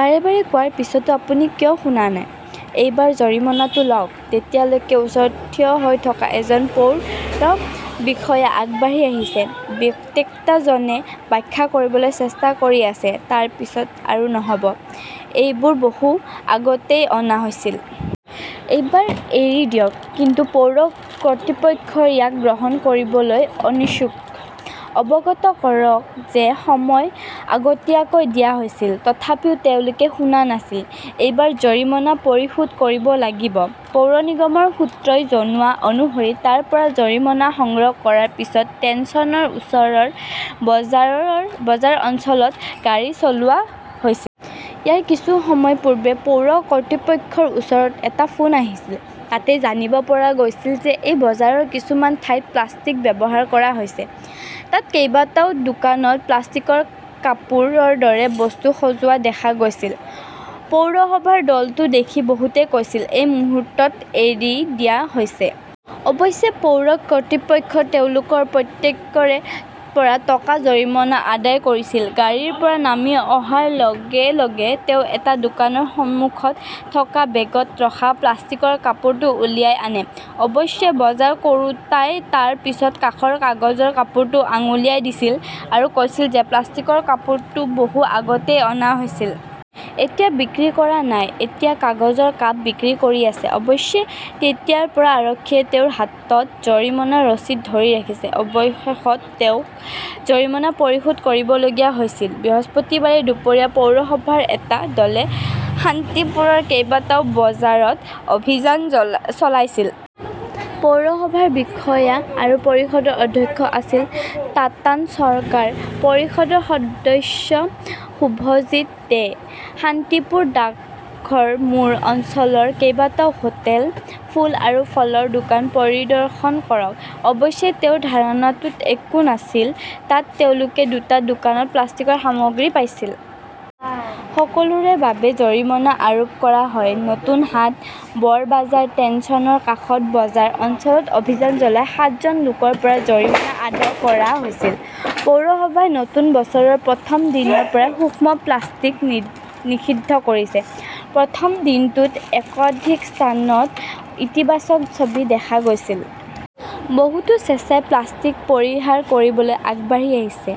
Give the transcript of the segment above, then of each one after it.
বাৰে বাৰে কোৱাৰ পিছতো আপুনি কিয় শুনা নাই? এইবাৰ জৰিমনাটো লওক। তেতিয়ালৈকে ওচৰত থিয় হৈ থকা এজন পৌৰ বিষয়া আগবাঢ়ি আহিছে। বিক্তেতাজনে ব্যাখ্যা কৰিবলৈ চেষ্টা কৰি আছে, তাৰ পিছত আৰু নহ 'ব। এইবোৰ বহু আগতেই অনা হৈছিল। এইবাৰ এৰি দিয়ক। কিন্তু পৌৰ কৰ্তৃপক্ষই ইয়াক গ্ৰহণ কৰিবলৈ অনিচ্ছুক। অৱগত কৰক যে সময় আগতীয়াকৈ দিয়া হৈছিল। তথাপিও তেওঁলোকে শুনা নাছিল। এইবাৰ জৰিমনা পৰিশোধ কৰিব লাগিব। পৌৰ নিগমৰ সূত্ৰই জনোৱা অনুসৰি তাৰ পৰা জৰিমনা সংগ্ৰহ কৰাৰ পিছত টেনচনৰ ওচৰৰ বজাৰৰ বজাৰ অঞ্চলত গাড়ী চলোৱা হৈছিল। ইয়াৰ কিছু সময় পূৰ্বে পৌৰ কৰ্তৃপক্ষৰ ওচৰত এটা ফোন আহিছিল, তাতেই জানিব পৰা গৈছিল যে এই বজাৰৰ কিছুমান ঠাইত প্লাষ্টিক ব্যৱহাৰ কৰা হৈছে। তাত কেইবাটাও দোকানত প্লাষ্টিকৰ কাপৰ দৰে বস্তু সজোৱা দেখা গৈছিল। পৌৰসভাৰ দলটো দেখি বহুতে কৈছিল, এই মুহূৰ্তত এৰি দিয়া হৈছে। অৱশ্যে পৌৰ কৰ্তৃপক্ষই তেওঁলোকৰ প্ৰত্যেকৰে পৰা টকা জৰিমনা আদায় কৰিছিল। গাড়ীৰ পৰা নামি অহাৰ লগে -লগে তেওঁ এটা দোকানৰ সন্মুখত থকা বেগত ৰখা প্লাষ্টিকৰ কাপৰটো উলিয়াই আনে। অৱশ্যে বজাৰ কৰোঁতাই তাৰ পিছত কাষৰ কাগজৰ কাপৰটো আঙুলিয়াই দিছিল, আৰু কৈছিল যে প্লাষ্টিকৰ কাপৰটো বহু আগতেই অনা হৈছিল। এতিয়া বিক্ৰী কৰা নাই। এতিয়া কাগজৰ কাপ বিক্ৰী কৰি আছে। অৱশ্যে তেতিয়াৰ পৰা আৰক্ষীয়ে তেওঁৰ হাতত জৰিমনাৰ ৰচিদ ধৰি ৰাখিছে। অৱশেষত তেওঁক জৰিমনা পৰিশোধ কৰিবলগীয়া হৈছিল। বৃহস্পতিবাৰে দুপৰীয়া পৌৰসভাৰ এটা দলে শান্তিপুৰৰ কেইবাটাও বজাৰত অভিযান চলাইছিল। পৌৰসভাৰ বিষয়া আৰু পৰিষদৰ অধ্যক্ষ আছিল তাতান চৰকাৰ। পৰিষদৰ সদস্য শুভজিৎ দে। শান্তিপুৰ ডাকঘৰ মোৰ অঞ্চলৰ কেইবাটাও হোটেল, ফুল আৰু ফলৰ দোকান পৰিদৰ্শন কৰক। অৱশ্যে তেওঁৰ ধাৰণাটোত একো নাছিল। তাত তেওঁলোকে দুটা দোকানত প্লাষ্টিকৰ সামগ্ৰী পাইছিল। সকলোৰে বাবে জৰিমনা আৰোপ কৰা হয়। নতুন হাট, বৰবাজাৰ ,টেনচনৰ কাষৰ বজাৰ অঞ্চলত অভিযান চলাই সাতজন লোকৰ পৰা জৰিমনা আদায় কৰা হৈছিল। পৌৰসভাই নতুন বছৰৰ প্ৰথম দিনৰ পৰাই সূক্ষ্ম প্লাষ্টিক নিষিদ্ধ কৰিছে। প্ৰথম দিনটোত একাধিক স্থানত ইতিবাচক ছবি দেখা গৈছিল। বহুটো স্বেচ্ছাই প্লাষ্টিক পৰিহাৰ কৰিবলৈ আগবাঢ়ি আহিছে,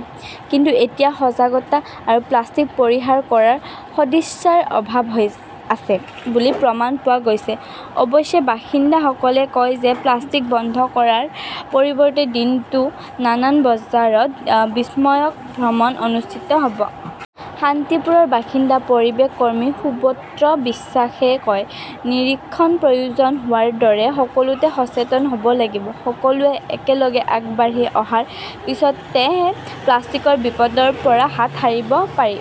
কিন্তু এতিয়াও সজাগতা আৰু প্লাষ্টিক পৰিহাৰ কৰাৰ সদিচ্ছাৰ অভাৱ হৈ আছে বুলি প্ৰমাণ পোৱা গৈছে। অৱশ্যে বাসিন্দাসকলে কয় যে প্লাষ্টিক বন্ধ কৰাৰ পৰিবৰ্তে দিনটো নানান বজাৰত বিস্ময়ক ভ্ৰমণ অনুষ্ঠিত হ'ব। শান্তিপুৰৰ বাসিন্দা পৰিৱেশ কৰ্মী সুব্ৰত বিশ্বাসে কয়, নিৰীক্ষণৰ প্ৰয়োজন হোৱাৰ দৰে সকলোৱে সচেতন হ'ব লাগিব। সকলোৱে একেলগে আগবাঢ়ি অহাৰ পিছতহে প্লাষ্টিকৰ বিপদৰ পৰা হাত সাৰিব পাৰি